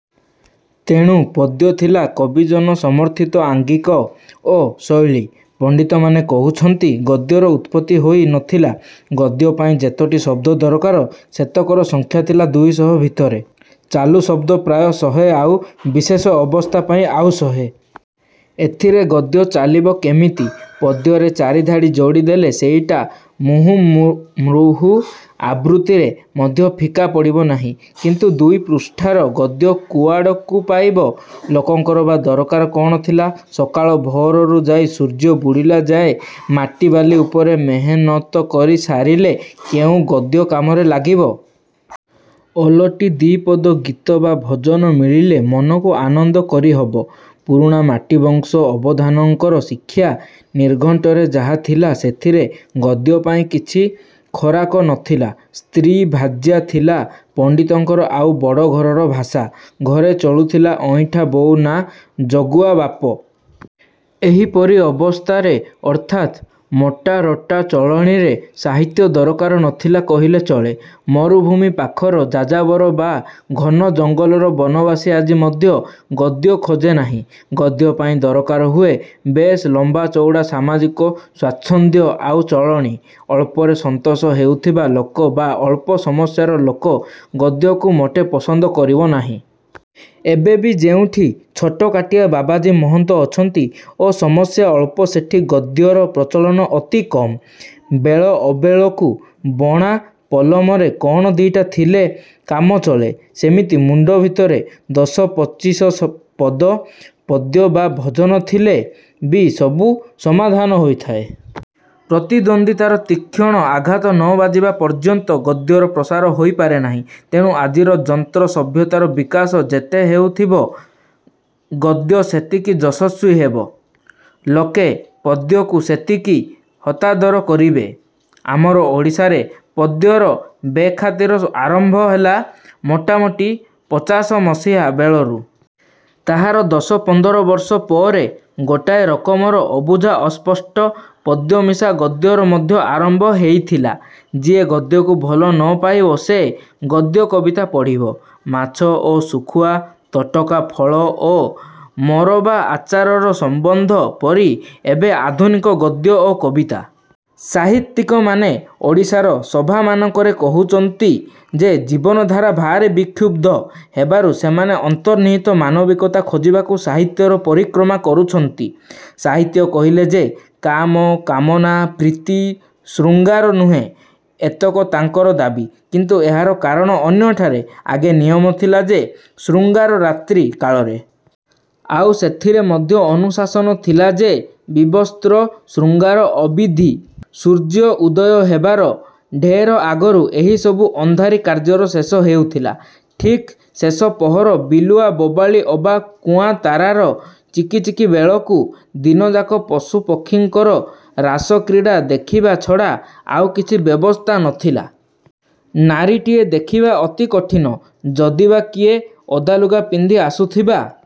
ତେଣୁ ପଦ୍ୟ ଥିଲା କବିଜନ ସମର୍ଥିତ ଆଙ୍ଗିକ ଓ ଶୈଳୀ। ପଣ୍ତିତମାନେ କହୁଛନ୍ତି ଗଦ୍ୟର ଉତ୍ପତ୍ତି ହୋଇ ନଥିଲା। ଗଦ୍ୟ ପାଇଁ ଯେତୋଟି ଶଦ୍ଦ ଦରକାର ସେତକର ସଂଖ୍ୟା ଥିଲା ଦୁଇଶହ ଭିତରେ-ଚାଲୁ ଶଦ୍ଦ ପ୍ରାୟ ଶହେ ଆଉ ବିଶେଷ ଅବସ୍ଥା ପାଇଁ ଆଉ ଶହେ। ଏଥିରେ ଗଦ୍ୟ ଚାଲିବ କେମିତି? ପଦ୍ୟରେ ଚାରିଧାଡ଼ି ଯୋଡ଼ି ଦେଲେ ସେଇଟା ମୂହୁର୍ମୂହୁ ଆବୃତ୍ତିରେ ମଧ୍ୟ ଫିକା ପଡ଼ିବ ନାହିଁ। କିନ୍ତୁ ଦୁଇ ପୃଷ୍ଠାର ଗଦ୍ୟ କୁଆଡ଼କୁ ପାଇବ? ଲୋକଙ୍କର ବା ଦରକାର କ'ଣ ଥିଲା? ସକାଳ ଭୋରରୁ ଯାଇ ସୂର୍ଯ୍ୟ ବୁଡ଼ିଲା ଯାଏ ମାଟି ବାଲି ଉପରେ ମେହନତ କରି ସାରିଲେ କେଉଁ ଗଦ୍ୟ କାମରେ ଲାଗିବ? ଓଲଟି ଦି'ପଦ ଗୀତ ବା ଭଜନ ମିଳିଲେ ମନକୁ ଆନନ୍ଦ କରି ହବ। ପୁରୁଣା ମାଟିବଂଶ ଅବଧାନଙ୍କର ଶିକ୍ଷା ନିର୍ଘଣ୍ଟରେ ଯାହା ଥିଲା ସେଥିରେ ଗଦ୍ୟ ପାଇଁ କିଛି ଖୋରାକ ନଥିଲା। ସ୍ତ୍ରୀ ଭାର୍ଯ୍ୟା ଥିଲା ପଣ୍ତିତଙ୍କର ଆଉ ବଡ଼ ଘରର ଭାଷା। ଘରେ ଚଳୁଥିଲା ଅଇଁଠା ବୋଉ ନା ଜଗୁଆ ବାପ। ଏହିପରି ଅବସ୍ଥାରେ ଅର୍ଥାତ୍ ମୋଟା ରୋଟା ଚଳଣୀରେ ସାହିତ୍ୟ ଦରକାର ନଥିଲା କହିଲେ ଚଳେ। ମରୁଭୂମି ପାଖର ଯାଯାବର ବା ଘନ ଜଙ୍ଗଲର ବନବାସୀ ଆଜି ମଧ୍ୟ ଗଦ୍ୟ ଖୋଜେ ନାହିଁ। ଗଦ୍ୟପାଇଁ ଦରକାର ହୁଏ ବେଶ୍ ଲମ୍ୱାଚଉଡ଼ା ସାମାଜିକ ସ୍ୱାଚ୍ଛନ୍ଦ୍ୟ ଆଉ ଚଳଣୀ। ଅଳ୍ପରେ ସନ୍ତୋଷ ହେଉଥିବା ଲୋକ ବା ଅଳ୍ପ ସମସ୍ୟାର ଲୋକ ଗଦ୍ୟକୁ ମୋଟେ ପସନ୍ଦ କରିବ ନାହିଁ। ଏବେ ବି ଯେଉଁଠି ଛୋଟକାଟିଆ ବାବାଜୀ ମହନ୍ତ ଅଛନ୍ତି ଓ ସମସ୍ୟା ଅଳ୍ପ ସେଠି ଗଦ୍ୟର ପ୍ରଚଳନ ଅତି କମ୍। ବେଳ ଅବେଳକୁ ବଣା ପଲମରେ କ'ଣ ଦି'ଟା ଥିଲେ କାମ ଚଳେ, ସେମିତି ମୁଣ୍ତଭିତରେ ଦଶ ପଚିଶପଦ ପଦ୍ୟ ବା ଭଜନ ଥିଲେ ବି ସବୁ ସମାଧାନ ହୋଇଥାଏ। ପ୍ରତିଦ୍ୱନ୍ଦ୍ୱିତାର ତୀକ୍ଷଣ ଆଘାତ ନ ବାଜିବା ପର୍ଯ୍ୟନ୍ତ ଗଦ୍ୟର ପ୍ରସାର ହୋଇପାରେ ନାହିଁ-। ତେଣୁ ଆଜିର ଯନ୍ତ୍ର-ସଭ୍ୟତାର ବିକାଶ ଯେତେ ହେଉଥିବ ଗଦ୍ୟ ସେତିକି ଯଶସ୍ୱୀ ହେବ-। ଲୋକେ ପଦ୍ୟକୁ ସେତିକି ହତାଦର କରିବେ। ଆମର ଓଡ଼ିଶାରେ ପଦ୍ୟର ବେଖାତିର ଆରମ୍ଭ ହେଲା ମୋଟାମୋଟି ପଚାଶମସିହା ବେଳରୁ। ତାହାର ଦଶ ପନ୍ଦରବର୍ଷ ପରେ ଗୋଟାଏ ରକମର ଅବୁଝା ଅସ୍ପଷ୍ଟ ପଦ୍ୟମିଶା ଗଦ୍ୟର ମଧ୍ୟ ଆରମ୍ଭ ହେଇଥିଲା। ଯିଏ ଗଦ୍ୟକୁ ଭଲ ନ ପାଇବ ସେ ଗଦ୍ୟକବିତା ପଢ଼ିବ। ମାଛ ଓ ଶୁଖୁଆ, ତଟକା ଫଳ ଓ ମୋରବା ଆଚାରର ସମ୍ୱନ୍ଧ ପରି ଏବେ ଆଧୁନିକ ଗଦ୍ୟ ଓ କବିତା। ସାହିତ୍ୟିକମାନେ ଓଡ଼ିଶାର ସଭାମାନଙ୍କରେ କହୁଛନ୍ତି ଯେ ଜୀବନଧାରା ଭାରି ବିକ୍ଷୁବ୍ଧ ହେବାରୁ ସେମାନେ ଅନ୍ତର୍ନିହିତ ମାନବିକତା ଖୋଜିବାକୁ ସାହିତ୍ୟର ପରିକ୍ରମା କରୁଛନ୍ତି। ସାହିତ୍ୟ କହିଲେ ଯେ କାମ, କାମନା, ପ୍ରୀତି, ଶୃଙ୍ଗାର ନୁହେଁ-ଏତକ ତାଙ୍କର ଦାବୀ। କିନ୍ତୁ ଏହାର କାରଣ ଅନ୍ୟଠାରେ। ଆଗେ ନିୟମ ଥିଲା ଯେ ଶୃଙ୍ଗାର ରାତ୍ରି କାଳରେ। ଆଉ ସେଥିରେ ମଧ୍ୟ ଅନୁଶାସନ ଥିଲା ଯେ ବିବସ୍ତ୍ର ଶୃଙ୍ଗାର ଅବିଧି। ସୂର୍ଯ୍ୟ ଉଦୟ ହେବାର ଢେର ଆଗରୁ ଏହି ସବୁ ଅନ୍ଧାରି କାର୍ଯ୍ୟର ଶେଷ ହେଉଥିଲା-ଠିକ୍ ଶେଷ ପହର ବିଲୁଆ ବୋବାଳି ଅବା କୁଆଁ ତାରାର ଚିକିଚିକି ବେଳକୁ। ଦିନଯାକ ପଶୁପକ୍ଷୀଙ୍କର ରାସକ୍ରୀଡ଼ା ଦେଖିବା ଛଡ଼ା ଆଉ କିଛି ବ୍ୟବସ୍ଥା ନ ଥିଲା। ନାରୀଟିଏ ଦେଖିବା ଅତି କଠିନ। ଯଦି ବା କିଏ ଓଦାଲୁଗା ପିନ୍ଧି ଆସୁଥିବା